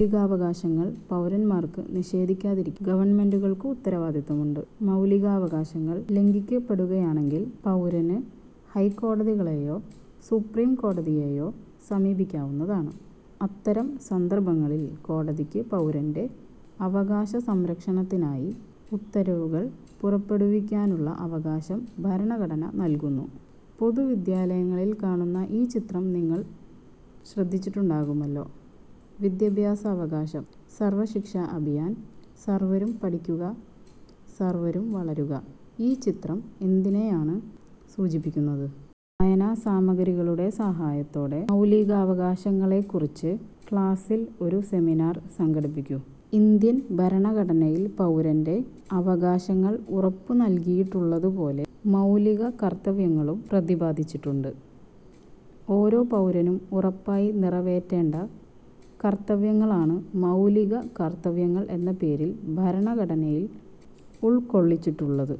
മൗലികാവകാശങ്ങൾ പൗരന്മാർക്ക് നിഷേധിക്കാതിരിക്കാൻ ഗവൺമെന്റുകൾക്ക് ഉത്തരവാദിത്വമുണ്ട്. മൗലികാവകാശങ്ങൾ ലംഘിക്കപ്പെടുകയാണങ്കിൽ പൗരന് ഹൈക്കോടതികളെയോ സുപ്രീം കോടതിയേയോ സമീപിക്കാവുന്നതാണ്. അത്തരം സന്ദർഭങ്ങളിൽ കോടതിക്ക് പൗരന്റെ അവകാശസംരക്ഷണത്തിനായി ഉത്തരവുകൾ പുറപ്പെടുവിക്കാനുള്ള അവകാശം ഭരണഘടന നൽകുന്നു. പൊതുവിദ്യാലയങ്ങളിൽ കാണുന്ന ഈ ചിത്രം നിങ്ങൾ ശ്രദ്ധിച്ചിട്ടുണ്ടാകുമല്ലോ. വിദ്യാഭ്യാസ അവകാശം- സർവ ശിക്ഷാ അഭിയാൻ- സർവരും പഠിക്കുക സർവരും വളരുക ഈ ചിത്രം എന്തിനെയാണ് സൂചിപ്പിക്കുന്നത്. വായനാസാമഗ്രികളുടെ സഹായത്തോടെ മൗലികാവകാശങ്ങളെക്കുറിച്ച് ക്ലാസിൽ ഒരു സെമിനാർ സംഘടിപ്പിക്കൂ. ഇന്ത്യൻ ഭരണഘടനയിൽ പൗരന്റെ അവകാശങ്ങൾ ഉറപ്പു നൽകിയിട്ടുള്ളതുപോലെ മൗലിക കർത്തവ്യങ്ങളും പ്രതിപാദിച്ചിട്ടുണ്ട്. ഓരോ പൗരനും ഉറപ്പായി നിറവേറ്റേണ്ട കർത്തവ്യങ്ങളാണ് മൗലിക കർത്തവ്യങ്ങൾ എന്ന പേരിൽ ഭരണഘടനയിൽ ഉൾക്കൊള്ളിച്ചിട്ടുള്ളത്.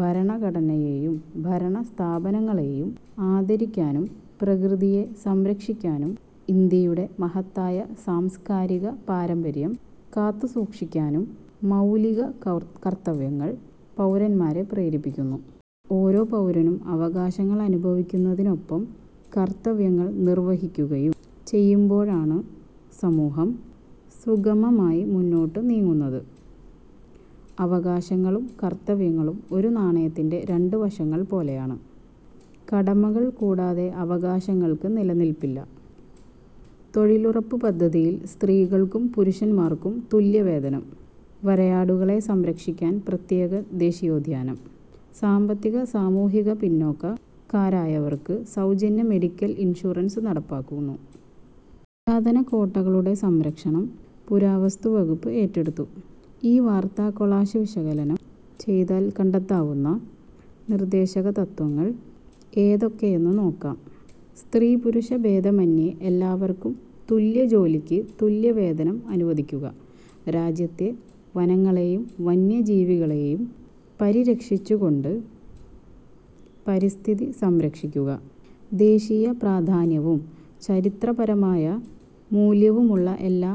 ഭരണഘടനയെയും ഭരണസ്ഥാപനങ്ങളെയും ആദരിക്കാനും പ്രകൃതിയെ സംരക്ഷിക്കാനും ഇന്ത്യയുടെ മഹത്തായ സാംസ്കാരിക പാരമ്പര്യം കാത്തുസൂക്ഷിക്കാനും മൗലിക കർത്തവ്യങ്ങൾ പൗരന്മാരെ പ്രേരിപ്പിക്കുന്നു. ഓരോ പൗരനും അവകാശങ്ങളനുഭവിക്കുന്നതിനൊപ്പം കർത്തവ്യങ്ങൾ നിർവഹിക്കുകയും ചെയ്യുമ്പോഴാണ് സമൂഹം സുഗമമായി മുന്നോട്ടു നീങ്ങുന്നത്. അവകാശങ്ങളും കർത്തവ്യങ്ങളും ഒരു നാണയത്തിന്റെ രണ്ട് വശങ്ങൾ പോലെയാണ്. കടമകൾ കൂടാതെ അവകാശങ്ങൾക്ക് നിലനില്പ്പില്ല. തൊഴിലുറപ്പ് പദ്ധതിയിൽ സ്ത്രീകൾക്കും പുരുഷൻമാർക്കും തുല്യവേതനം. വരയാടുകളെ സംരക്ഷിക്കാൻ പ്രത്യേക ദേശീയോദ്യാനം. സാമ്പത്തിക-സാമൂഹിക പിന്നോക്ക ക്കാരായവർക്ക് സൗജന്യ മെഡിക്കൽ ഇൻഷുറൻസ് നടപ്പാക്കുന്നു. പുരാതന കോട്ടകളുടെ സംരക്ഷണം പുരാവസ്തു വകുപ്പ് ഏറ്റെടുത്തു. ഈ വാർത്താകൊളാഷ് വിശകലനം ചെയ്താൽ കണ്ടെത്താവുന്ന നിർദ്ദേശകതത്ത്വങ്ങൾ ഏതൊക്കെയെന്ന് നോക്കാം. സ്ത്രീപുരുഷ ഭേദമെന്യേ എല്ലാവർക്കും തുല്യജോലിക്ക് തുല്യവേതനം അനുവദിക്കുക. രാജ്യത്തെ വനങ്ങളെയും വന്യജീവികളെയും പരിരക്ഷിച്ചുകൊണ്ട് പരിസ്ഥിതി സംരക്ഷിക്കുക. ദേശീയപ്രാധാന്യവും ചരിത്രപരമായ മൂല്യവുമുള്ള എല്ലാ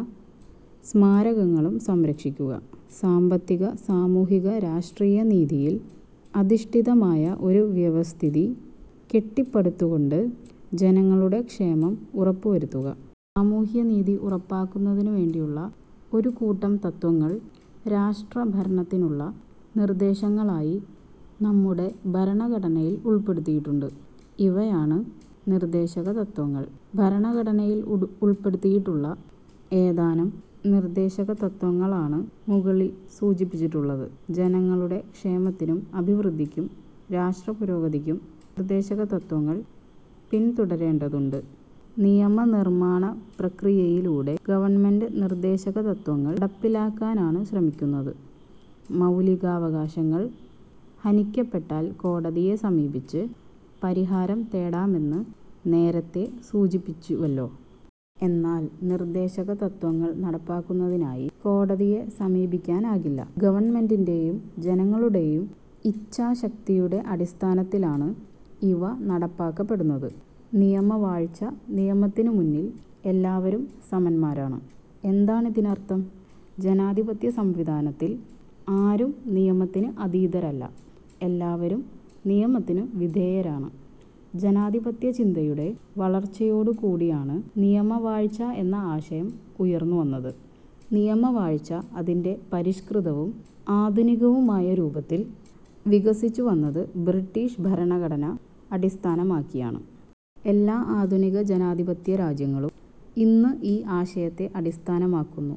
സ്മാരകങ്ങളും സംരക്ഷിക്കുക. സാമ്പത്തിക, സാമൂഹിക, രാഷ്ട്രീയ നീതിയിൽ അധിഷ്ഠിതമായ ഒരു വ്യവസ്ഥിതി കെട്ടിപ്പടുത്തുകൊണ്ട് ജനങ്ങളുടെ ക്ഷേമം ഉറപ്പുവരുത്തുക. സാമൂഹ്യ നീതി ഉറപ്പാക്കുന്നതിനുവേണ്ടിയുള്ള ഒരു കൂട്ടം തത്ത്വങ്ങൾ രാഷ്ട്ര ഭരണത്തിനുള്ള നിർദേശങ്ങളായി നമ്മുടെ ഭരണഘടനയിൽ ഉൾപ്പെടുത്തിയിട്ടുണ്ട്. ഇവയാണ് നിർദ്ദേശകതത്ത്വങ്ങൾ. ഭരണഘടനയിൽ ഉൾപ്പെടുത്തിയിട്ടുള്ള ഏതാനും നിർദ്ദേശകതത്ത്വങ്ങളാണ് മുകളിൽ സൂചിപ്പിച്ചിട്ടുള്ളത്. ജനങ്ങളുടെ ക്ഷേമത്തിനും അഭിവൃദ്ധിക്കും രാഷ്ട്രപുരോഗതിക്കും നിർദ്ദേശകതത്ത്വങ്ങൾ പിൻതുടരേണ്ടതുണ്ട്. നിയമനിർമ്മാണപ്രക്രിയയിലൂടെ ഗവൺമെന്റ് നിർദ്ദേശകതത്ത്വങ്ങൾ നടപ്പിലാക്കാനാണ് ശ്രമിക്കുന്നത്. മൗലികാവകാശങ്ങൾ ഹനിക്കപ്പെട്ടാൽ കോടതിയെ സമീപിച്ച് പരിഹാരം തേടാമെന്ന് നേരത്തേ സൂചിപ്പിച്ചുവല്ലോ. എന്നാൽ നിർദ്ദേശകതത്ത്വങ്ങൾ നടപ്പാക്കുന്നതിനായി കോടതിയെ സമീപിക്കാനാകില്ല. ഗവൺമെന്റിന്റെയും ജനങ്ങളുടെയും ഇച്ഛാശക്തിയുടെ അടിസ്ഥാനത്തിലാണ് ഇവ നടപ്പാക്കപ്പെടുന്നത്. നിയമവാഴ്ച നിയമത്തിനുമുന്നിൽ എല്ലാവരും സമന്മാരാണ്. എന്താണിതിനർത്ഥം? ജനാധിപത്യ സംവിധാനത്തിൽ ആരും നിയമത്തിന് അതീതരല്ല. എല്ലാവരും നിയമത്തിനു വിധേയരാണ്. ജനാധിപത്യചിന്തയുടെ വളർച്ചയോടുകൂടിയാണ് നിയമവാഴ്ച എന്ന ആശയം ഉയർന്നുവന്നത്. നിയമവാഴ്ച അതിന്റെ പരിഷ്കൃതവും ആധുനികവുമായ രൂപത്തിൽ വികസിച്ചു വന്നത് ബ്രിട്ടീഷ് ഭരണഘടന അടിസ്ഥാനമാക്കിയാണ്. എല്ലാ ആധുനിക ജനാധിപത്യ രാജ്യങ്ങളും ഇന്ന് ഈ ആശയത്തെ അടിസ്ഥാനമാക്കുന്നു.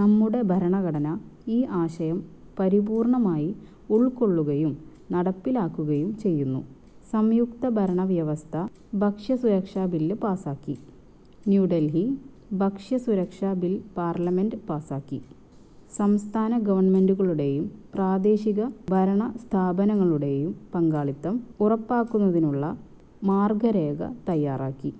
നമ്മുടെ ഭരണഘടന ഈ ആശയം പരിപൂർണ്ണമായി ഉൾക്കൊള്ളുകയും നടപ്പിലാക്കുകയും ചെയ്യുന്നു. സംയുക്തഭരണവ്യവസ്ഥ ഭക്ഷ്യസുരക്ഷാ ബിൽ പാസ്സാക്കി. ന്യൂഡൽഹി: ഭക്ഷ്യസുരക്ഷാ ബിൽ പാർലമെന്റ് പാസ്സാക്കി. സംസ്ഥാന ഗവൺമെന്റുകളുടെയും പ്രാദേശിക ഭരണസ്ഥാപനങ്ങളുടെയും പങ്കാളിത്തം ഉറപ്പാക്കുന്നതിനുള്ള മാർഗ്ഗരേഖ തയ്യാറാക്കി.